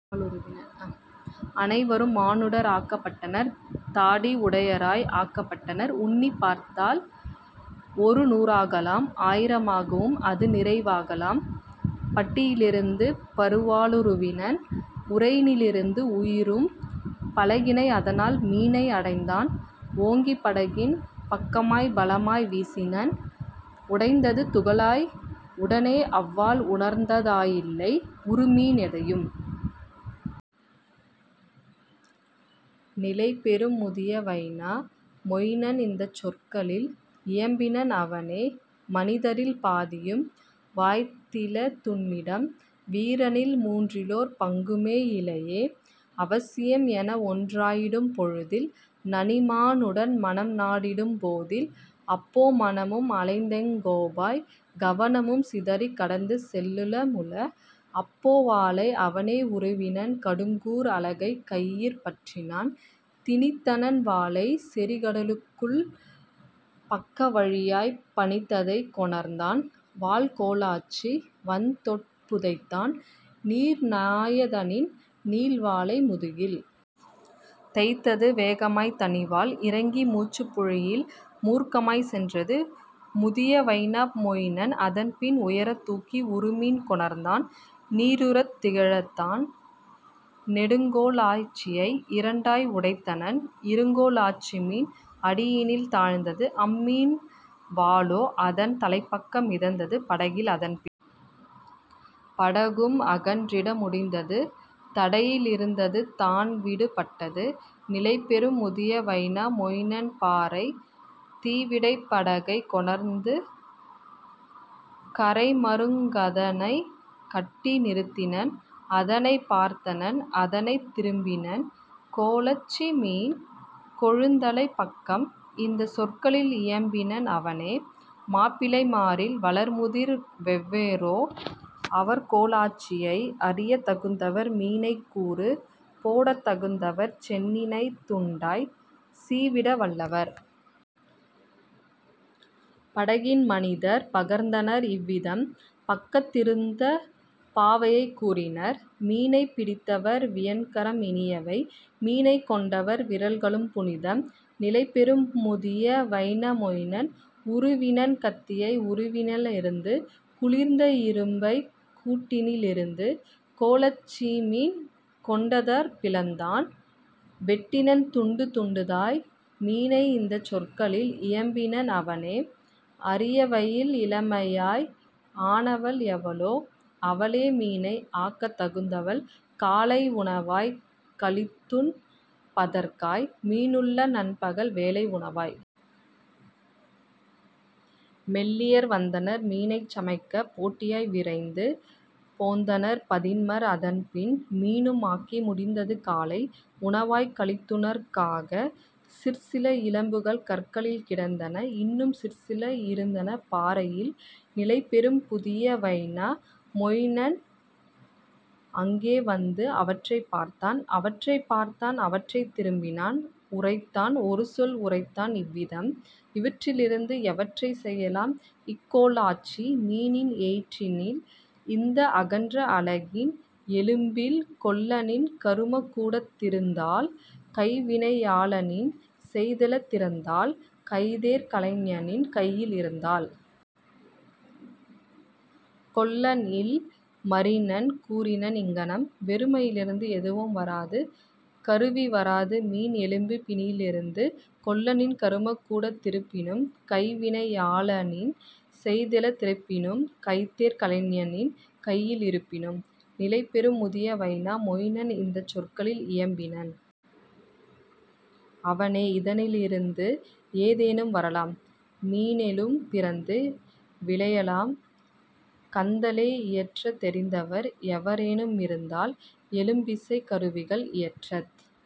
"அனைவரும் மானுடர் ஆக்கப் பட்டனர் தாடி உடையராய் ஆக்கப் பட்டனர் உன்னிப் பார்த்தால் ஒருநூ றாகலாம் ஆயிர மாகவும் அதுநிறை வாகலாம். " பட்டியி லிருந்து பருவா ளுருவினன் உறையினி லிருந்து உயரிரும் பலகினை அதனால் மீனை அறைந்தான் ஓங்கி படகின் பக்கமாய்ப் பலமாய் வீசினன்: உடைந்தது துகளாய் உடனே அவ்வாள் உணர்ந்ததா யில்லை உறுமீன் எதையும். நிலைபெறும் முதிய வைனா மொயினன் இந்தச் சொற்களில் இயம்பினன் அவனே: "மனிதரில் பாதியும் வாய்த்தில துன்னிடம் வீரனில் மூன்றிலோர் பங்குமே யிலையே. அவசியம் எனஒன் றாயிடும் பொழுதில் நனிமா னுடன்மனம் நாடிடும் போதில் அப்போ மனமும் அலைந்தெங் கோபோய் கவனமும் சிதறிக் கடந்துசெல் லலுமுள. " அப்போ வாளை அவனே உருவினன் கடுங்கூர் அலகைக் கையிற் பற்றினன் திணித்தனன் வாளைச் செறிகட லுக்குள் பக்க வழியாய்ப் பணித்ததைக் கொணர்ந்தான் வாள்கோ லாச்சி வன்தோட் புதைத்தான் நீர்நா யதனின் நீள்வளை முதுகில். தைத்தது வேகமாய்த் தனிவாள் இறங்கி மூச்சுப் புழையில் மூர்க்கமாய்ச் சென்றது; முதிய வைனா மொயினன் அதன்பின் உயரத் தூக்கி உறுமீன் கொணர்ந்தான் நீரிருந் திழுத்தான் நெடுங்கோ லாச்சியை இரண்டாய் உடைத்தனன் இருங்கோ லாச்சிமீன் அடியினில் தாழ்ந்தது அம்மீன் வாலோ அதன் தலைப்பக்கம் மிதந்தது படகில். அதன்பின் படகும் அகன்றிட முடிந்தது தடையி லிருந்தது தான்விடு பட்டது; நிலைபெறும் முதிய வைனா மொயினன் பாறைத் தீவிடைப் படகைக் கொணர்ந்து கரைமருங் கதனைக் கட்டி நிறுத்தினன் அதனைப் பார்த்தனன் அதனைத் திருப்பினன் கோலாச் சிமீன் கொழுந்தலைப் பக்கம் இந்தச் சொற்களில் இயம்பினன் அவனே: "மாப்பிள்ளை மாரில் வளர்முதிர் வெவரோ அவர்கோ லாச்சியை அரியத் தகுந்தவர் மீனைக் கூறு போடத் தகுந்தவர் சென்னியைத் துண்டாய்ச் சீவிட வல்லவர். " படகின் மனிதர் பகர்ந்தனர் இவ்விதம் பக்கத் திருந்த பாவையர் கூறினர்: "மீனைப் பிடித்தவர் வியன்கரம் இனியவை மீனைக் கொண்டவர் விரல்களும் புனிதம். " நிலைபெறும் முதிய வைனா மொயினன் உருவினன் கத்தியை உறையினி லிருந்து குளிர்ந்த இரும்பைக் கூட்டினி லிருந்து கோலாச் சிமீன் கொண்டதாற் பிளந்தான் வெட்டினன் துண்டு துண்டதாய் மீனை இந்தச் சொற்களில் இயம்பினன் அவனே: "அரிவையில் இளமையாய் ஆனவள் எவளோ அவளே மீனை ஆக்கத் தகுந்தவள் காலை உணவாய்க் களித்துண் பதற்காய் மீனுள்ள நண்பகல் வேளை உணவாய். " மெல்லியர் வந்தனர் மீனைச் சமைக்க போட்டியாய் விரைந்து போந்தனர் பதின்மர் அதன்பின் மீனும் ஆக்கி முடிந்தது காலை உணவாய்க் களித்துணற் காக; சிற்சில எலும்புகள் கற்களில் கிடந்தன இன்னும் சிற்சில இருந்தன பாறையில். நிலைபெறும் முதிய வைனா மொயினன் அங்கே வந்து அவற்றைப் பார்த்தான் அவற்றைப் பார்த்தான் அவற்றைத் திருப்பினான் உரைத்தான் ஒருசொல் உரைத்தான் இவ்விதம்: "இவற்றி லிருந்து எவற்றைச் செய்யலாம் இக்கோ லாச்சி மீனின் எயிற்றினில் இந்த அகன்ற அலகின் எலும்பில் கொல்லனின் கருமக் கூடத் திருந்தால் கைவினை யாளனின் செய்தலத் திருந்தால் கைதேர் கலைஞனின் கையில் இருந்தால்? " கொல்லன்இல் மரினன் கூறினன் இங்ஙனம்: "வெறுமையி லிருந்து எதுவும் வராது கருவி வராதுமீன் எலும்பினி லிருந்து கொல்லனின் கருமக் கூடத் திருப்பினும் கைவினை யாளனின் செய்தலத் திருப்பினும் கைதேர் கலைஞனின் கையில் இருப்பினும். " நிலைபெறும் முதிய வைனா மொயினன் இந்தச் சொற்களில் இயம்பினன் அவனே: "இதனிலே யிருந்து ஏதேனும் வரலாம் மீனெலும் பிருந்து விளையலாம் கந்தலே இயற்றத் தெரிந்தவர் எவரெனு மிருந்தால் எலும்பிசைக் கருவிகள் இயற்றத்